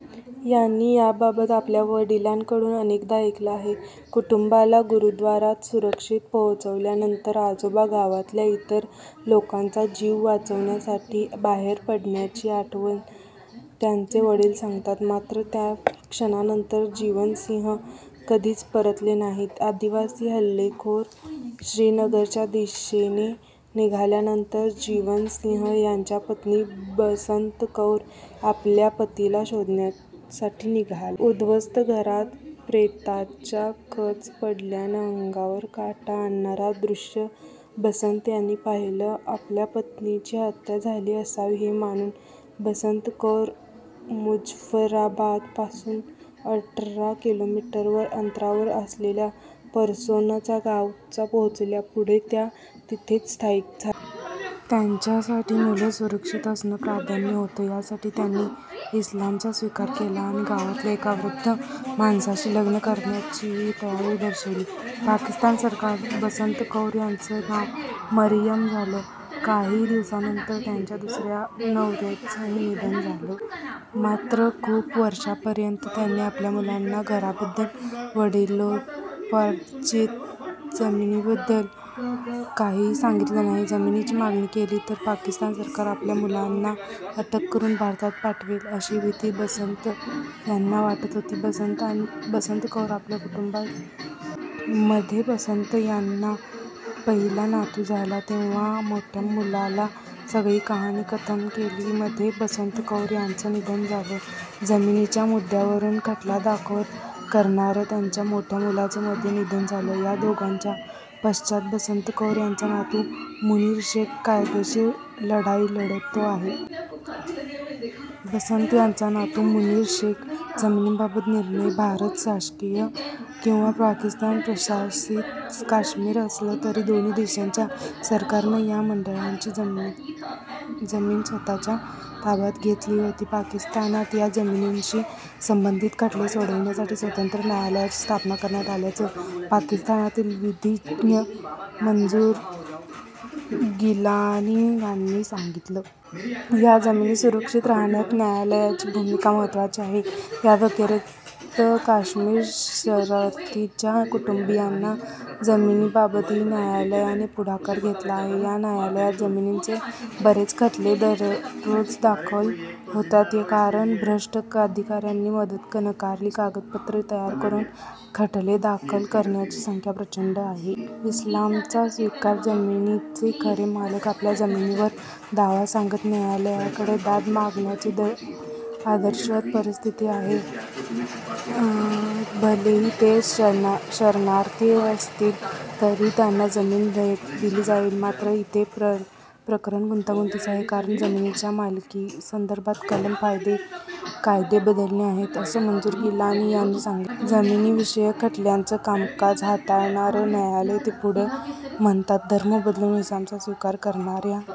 यांनी याबाबत आपल्या वडिलांकडून अनेकदा ऐकलं आहे. कुटुंबाला गुरुद्वारात सुरक्षित पोहोचवल्यानंतर आजोबा गावातल्या इतर लोकांचा जीव वाचवण्यासाठी बाहेर पडल्याची आठवण त्यांचे वडील सांगतात. मात्र त्याक्षणानंतर जीवन सिंह कधीच परतले नाहीत. आदिवासी हल्लेखोर श्रीनगरच्या दिशेने निघाल्यानंतर जीवन सिंह यांच्या पत्नी बसंत कौर आपल्या पतीला शोधण्यासाठी निघाल्या. उदध्वस्त घरात प्रेतांचा खच पडल्याचं अंगावर काटा आणणारं दृश्य बसंत यांनी पाहिलं. आपल्या पत्नीची हत्या झाली असावी, हे मानून बसंत कौर मुजफ्फराबादपासून अठरा किलोमीटरवर अंतरावर असलेल्या परसोनचा गावात पोहोचल्या. पुढे त्या तिथेच स्थायिक झाल्या. त्यांच्यासाठी मुलं सुरक्षित असणं प्राधान्य होतं. यासाठी त्यांनी इस्लामचा स्वीकार केला आणि गावातल्या एका वृद्ध माणसाशी लग्न करण्याचीही तयारी दर्शविली. पाकिस्तान सरकार बसंत कौर यांचं नाव मरियम झालं. काही दिवसांनंतर त्यांच्या दुसऱ्या नवऱ्याचंही निधन झालं. मात्र खूप वर्षांपर्यंत त्यांनी आपल्या मुलांना घराबद्दल, वडिलोपार्जित जमिनीबद्दल काहीही सांगितलं नाही. जमिनीची मागणी केली तर पाकिस्तान सरकार आपल्या मुलांना अटक करून भारतात पाठवेल, अशी भीती बसंत यांना वाटत होती. बसंत कौर आपल्या कुटुंबा. मध्ये बसंत यांना पहिला नातू झाला. तेव्हा मोठ्या मुलाला सगळी कहाणी कथन केली. मध्ये बसंत कौर यांचं निधन झालं. जमिनीच्या मुद्द्यावरून खटला दाखल करणाऱ्या त्यांच्या मोठ्या मुलाचं मध्ये निधन झालं. या दोघांच्या पश्चात बसंत कौर यांचा नातू मुनीर शेख कायदेशीर लढाई लढतो आहे. बसंत यांचा नातू मुनीर शेख. जमिनीबाबत निर्णय भारत प्रशासित किंवा पाकिस्तान प्रशासित काश्मीर असलं तरी दोन्ही देशांच्या सरकारनं या मंडळींची जमीन स्वत:च्या ताब्यात घेतली होती. पाकिस्तानात या जमिनींशी संबंधित खटले सोडवण्यासाठी स्वतंत्र न्यायालयाची स्थापना करण्यात आल्याचं पाकिस्तानातील विधीज्ञ मंजूर गिलानी यांनी सांगितलं. या जमिनी सुरक्षित राहण्यात न्यायालयाची भूमिका महत्त्वाची आहे. याव्यतिरिक्त काश्मीर शरणार्थींच्या कुटुंबीयांच्या जमिनीबाबतही न्यायालयाने पुढाकार घेतला आहे. या न्यायालयात जमिनींचे बरेच खटले दररोज दाखल होतात. कारण भ्रष्ट अधिकाऱ्यांच्या मदतीने नकली कागदपत्रं तयार करून खटले दाखल करणाऱ्यांची संख्या प्रचंड आहे. इस्लामचा स्वीकार जमिनीचे खरे मालक आपल्या जमिनीवर दावा सांगत न्यायालयाकडे दाद मागणं आदर्शवत परिस्थिती आहे. भलेही ते शरणार्थी असतील तरी त्यांना जमीन दिली जाईल. मात्र इथे प्रकरण गुंतागुंतीचं आहे. कारण जमिनीच्या मालकीसंदर्भातली कलमं, कायदे बदलले आहेत, असं मंजूर गिलानी यांनी सांगितलं. जमिनींविषयक खटल्यांचं कामकाज हाताळणारं न्यायालय. ते पुढे म्हणतात, धर्म बदलून इस्लामच्या स्वीकार करणाऱ्या